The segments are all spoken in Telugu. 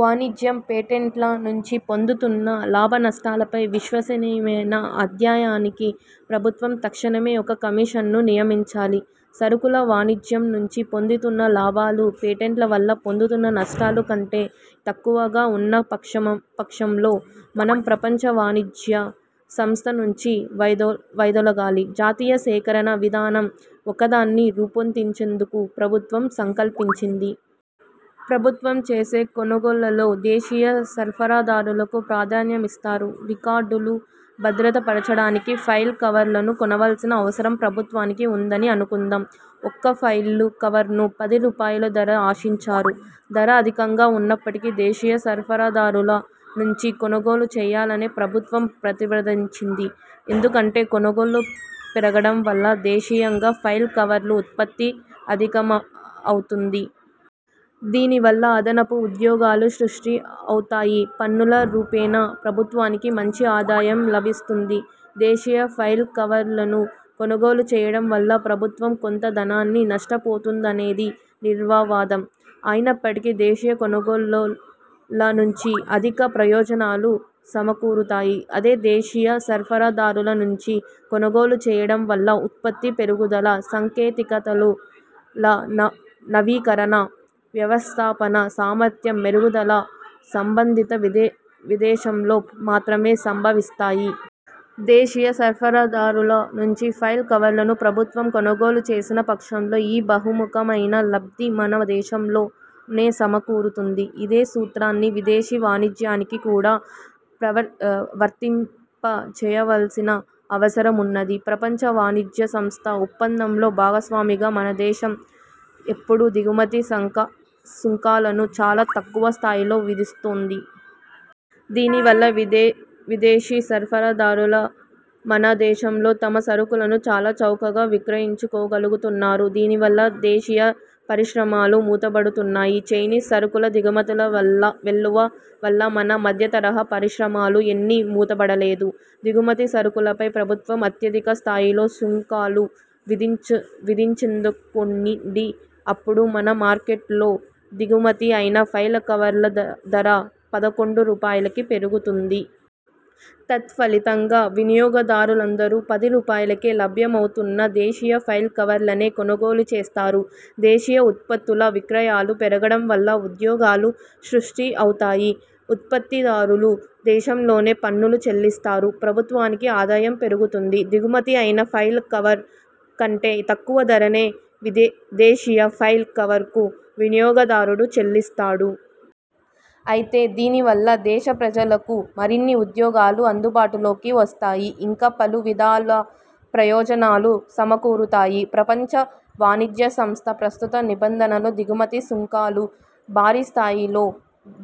వాణిజ్యం, పేటెంట్ల నుంచి పొందుతున్న లాభనష్టాలపై విశ్వసనీయమైన అధ్యయనానికి ప్రభుత్వం తక్షణమే ఒక కమిషన్ను నియమించాలి. సరుకుల వాణిజ్యం నుంచి పొందుతున్న లాభాలు పేటెంట్ల వల్ల పొందుతున్న నష్టాల కంటే తక్కువగా ఉన్న పక్షంలో మనం ప్రపంచ వాణిజ్య సంస్థ నుంచి వైదొలగాలి. జాతీయ సేకరణ విధానం ఒకదాన్ని రూపొందించేందుకు ప్రభుత్వం సంకల్పించింది. ప్రభుత్వం చేసే కొనుగోళ్ళలో దేశీయ సరఫరాదారులకు ప్రాధాన్యమిస్తారు. రికార్డులు భద్రపరచడానికి ఫైల్ కవర్లను కొనవల్సిన అవసరం ప్రభుత్వానికి వుందని అనుకుందాం. ఒక్కో ఫైల్ కవర్ను పది రూపాయలుధర ఆశించారు. ధర అధికంగా ఉన్నప్పటికీ దేశీయ సరఫరాదారుల నుంచే కొనుగోలు చేయాలని ప్రభుత్వం ప్రతిపాదించింది. ఎందుకంటే కొనుగోళ్ళు పెరగడం వల్ల దేశీయంగా ఫైల్ కవర్ల ఉత్పత్తి అధికమవుతుంది. దీనివల్ల అదనపు ఉద్యోగాలు సృష్టి అవుతాయి, పన్నుల రూపేణా ప్రభుత్వానికి మంచి ఆదాయం లభిస్తుంది. దేశీయ ఫైల్ కవర్లను కొనుగోలు చేయడం వల్ల ప్రభుత్వం కొంత ధనాన్ని నష్టపోతుందనేది నిర్వివాదం. అయినప్పటికీ దేశీయ కొనుగోళ్ల నుంచి అధిక ప్రయోజనాలు సమకూరతాయి. అదే విదేశీ సరఫరాదారుల నుంచి కొనుగోలు చేయడం వల్ల ఉత్పత్తి పెరుగుదల, సాంకేతికతల నవీకరణ, వ్యవస్థాపనా సామర్థ్యం మెరుగుదల సంబంధిత విదేశంలో మాత్రమే సంభవిస్తాయి. దేశీయ సరఫరాదారుల నుంచి ఫైల్ కవర్లను ప్రభుత్వం కొనుగోలుచేసిన పక్షంలో ఈ బహుముఖమైన లబ్ధి మన దేశంలోనే సమకూరుతుంది. ఇదే సూత్రాన్ని విదేశీ వాణిజ్యానికి కూడా వర్తింపచేయవల్సిన అవసరమున్నది. ప్రపంచ వాణిజ్య సంస్థ ఒప్పందంలో భాగస్వామిగా మన దేశం ఇప్పుడు దిగుమతి సుంకాలను చాలా తక్కువ స్థాయిలో విధిస్తోంది. దీనివల్ల విదేశీ సరఫరాదారులు మన దేశంలో తమ సరుకులను చాలా చౌకగా విక్రయించుకోగలుగుతున్నారు. దీనివల్ల దేశీయ పరిశ్రమలు మూతపడుతున్నాయి. చైనీస్ సరుకుల దిగుమతుల వెల్లువ వల్ల మన మధ్యతరహా పరిశ్రమలు ఎన్ని మూతపడలేదు? దిగుమతి సరుకులపై ప్రభుత్వం అత్యధిక స్థాయిలో సుంకాలు విధించిందనుకోండి. అప్పుడు మన మార్కెట్లో, దిగుమతి అయిన ఫైల్ కవర్ల ధర పదకొండు రూపాయలుకి పెరుగుతుంది. తత్ఫలితంగా వినియోగదారులందరూ పది రూపాయలుకే లభ్యమవుతున్న దేశీయ ఫైల్ కవర్లనే కొనుగోలు చేస్తారు దేశీయ ఉత్పత్తుల విక్రయాలు పెరగడం వల్ల ఉద్యోగాలు సృష్టి అవుతాయి. ఉత్పత్తిదారులు దేశంలోనే పన్నులు చెల్లిస్తారు. ప్రభుత్వానికి ఆదాయం పెరుగుతుంది. దిగుమతి అయిన ఫైల్ కవర్ కంటే తక్కువ ధరనే దేశీయ ఫైల్ కవర్కు వినియోగదారుడు చెల్లిస్తాడు. అయితే దీనివల్ల దేశ ప్రజలకు మరిన్ని ఉద్యోగాలు అందుబాటులోకి వస్తాయి. ఇంకా పలు విధాల ప్రయోజనాలు సమకూరుతాయి. ప్రపంచ వాణిజ్య సంస్థ ప్రస్తుత నిబంధనలు దిగుమతి సుంకాలు భారీ స్థాయిలో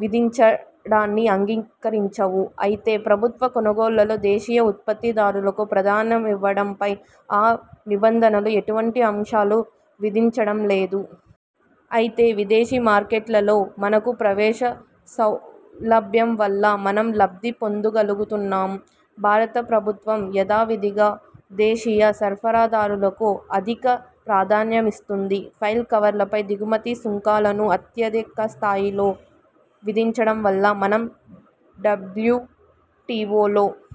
విధించడాన్ని అంగీకరించవు. అయితే ప్రభుత్వ కొనుగోళ్ళలో దేశీయ ఉత్పత్తిదారులకు ప్రాధాన్యమివ్వడంపై ఆ నిబంధనలు ఎటువంటి ఆంక్షలు విధించడం లేదు. అయితే విదేశీ మార్కెట్లలో మనకు ప్రవేశ సౌలభ్యంవల్ల మనం లబ్ధి పొందగలుగుతున్నాం. భారత ప్రభుత్వం యథావిధిగా దేశీయ సరఫరాదారులకు అధిక ప్రాధాన్యమిస్తుంది. ఫైల్ కవర్లపై దిగుమతి సుంకాలను అత్యధికస్థాయిలో విధించడం వల్ల మనం డబ్ల్యూ టీవోలో